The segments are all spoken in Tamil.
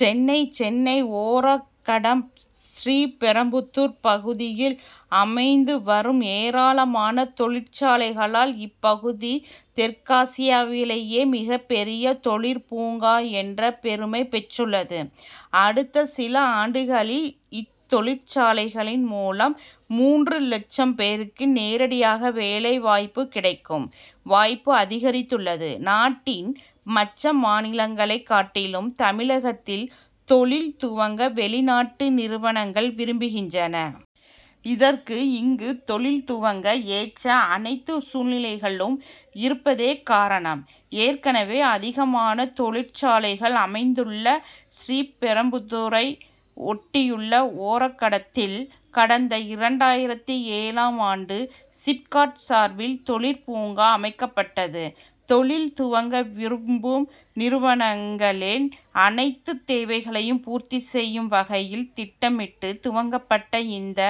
சென்னை சென்னை ஒரகடம் ஸ்ரீபெரும்புதூர் பகுதியில் அமைந்து வரும் ஏராளமான தொழிற்சாலைகளால் இப்பகுதி தெற்காசியவிலேயே மிகப்பெரிய தொழிற் பூங்கா என்ற பெருமை பெற்றுள்ளது. அடுத்த சில ஆண்டுகளில், இத்தொழிற்சாலைகளின் மூலம் மூன்று லட்சம் பேருக்கு நேரடியாக வேலை வாய்ப்பு கிடைக்கும் வாய்ப்பு அதிகரித்துள்ளது. நாட்டின் மற்ற மாநிலங்களை காட்டிலும், தமிழகத்தில் தொழில் துவங்க வெளிநாட்டு நிறுவனங்கள் விரும்புகின்றன. இதற்கு, இங்கு தொழில் துவங்க ஏற்ற அனைத்து சூழ்நிலைகளும் இருப்பதே காரணம். ஏற்கனவே அதிகமான தொழிற்சாலைகள் அமைந்துள்ள ஸ்ரீபெரும்புதூரை ஒட்டியுள்ள ஒரகடத்தில், கடந்த இரண்டாயிரத்து ஏழாம் ஆண்டு சிப்காட் சார்பில் தொழிற்பூங்கா அமைக்கப்பட்டது. தொழில் துவங்க விரும்பும் நிறுவனங்களின் அனைத்து தேவைகளையும் பூர்த்தி செய்யும் வகையில் திட்டமிட்டு, துவக்கப்பட்ட இந்த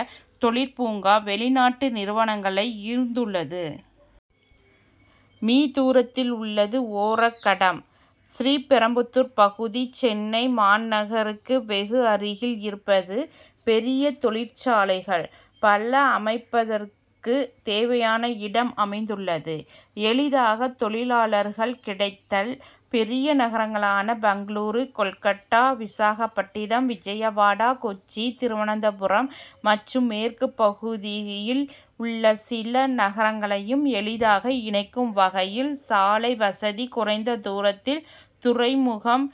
தொழிற்பூங்கா, வெளிநாட்டு நிறுவனங்களை ஈர்த்துள்ளது. மீ., தூரத்தில் உள்ளது ஒரகடம் ஸ்ரீபெரும்புதூர் பகுதி. சென்னை மாநகருக்கு வெகு அருகில் இருப்பது; பெரிய தொழிற்சாலைகள் பல அமைப்பதற்கு தேவையான இடம் அமைந்துள்ளது; எளிதாக தொழிலாளர்கள் கிடைத்தல்; பெரிய நகரங்களான பெங்களூரு, கோல்கட்டா, விசாகப்பட்டினம், விஜயவாடா, கொச்சி, திருவனந்தபுரம் மற்றும் மேற்கு பகுதியில் உள்ள சில நகரங்களையும் எளிதாக இணைக்கும் வகையில் சாலை வசதி; குறைந்த தூரத்தில் துறைமுகம்,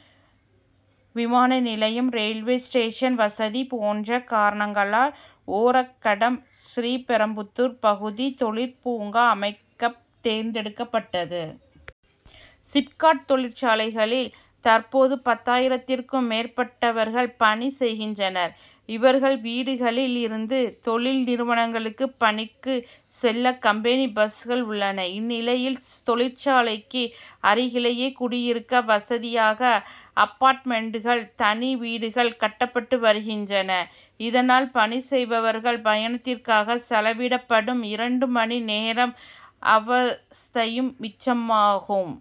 விமான நிலையம், ரயில்வே ஸ்டேஷன் வசதி போன்ற காரணங்களால் ஓரகடம் ஸ்ரீபெரும்புதூர் பகுதி தொழிற் பூங்கா அமைக்க தேர்ந்தெடுக்கப்பட்டது. சிப்காட் தொழிற்சாலைகளில் தற்போது பத்தாயிரத்திற்கும் மேற்பட்டவர்கள் பணி செய்கின்றனர். இவர்கள் வீடுகளில் இருந்து தொழில் நிறுவனங்களுக்கு பணிக்கு செல்ல கம்பெனி பஸ்கள் உள்ளன. இந்நிலையில், தொழிற்சாலைக்கு அருகிலேயே குடியிருக்க வசதியாக அப்பார்ட்மென்ட்டுகள், தனி வீடுகள் கட்டப்பட்டு வருகின்றன. இதனால், பணி செய்பவர்கள் பயணத்திற்காக செலவிடப்படும் இரண்டு மணி நேரம், அவஸ்த்தையும் மிச்சமாகும்.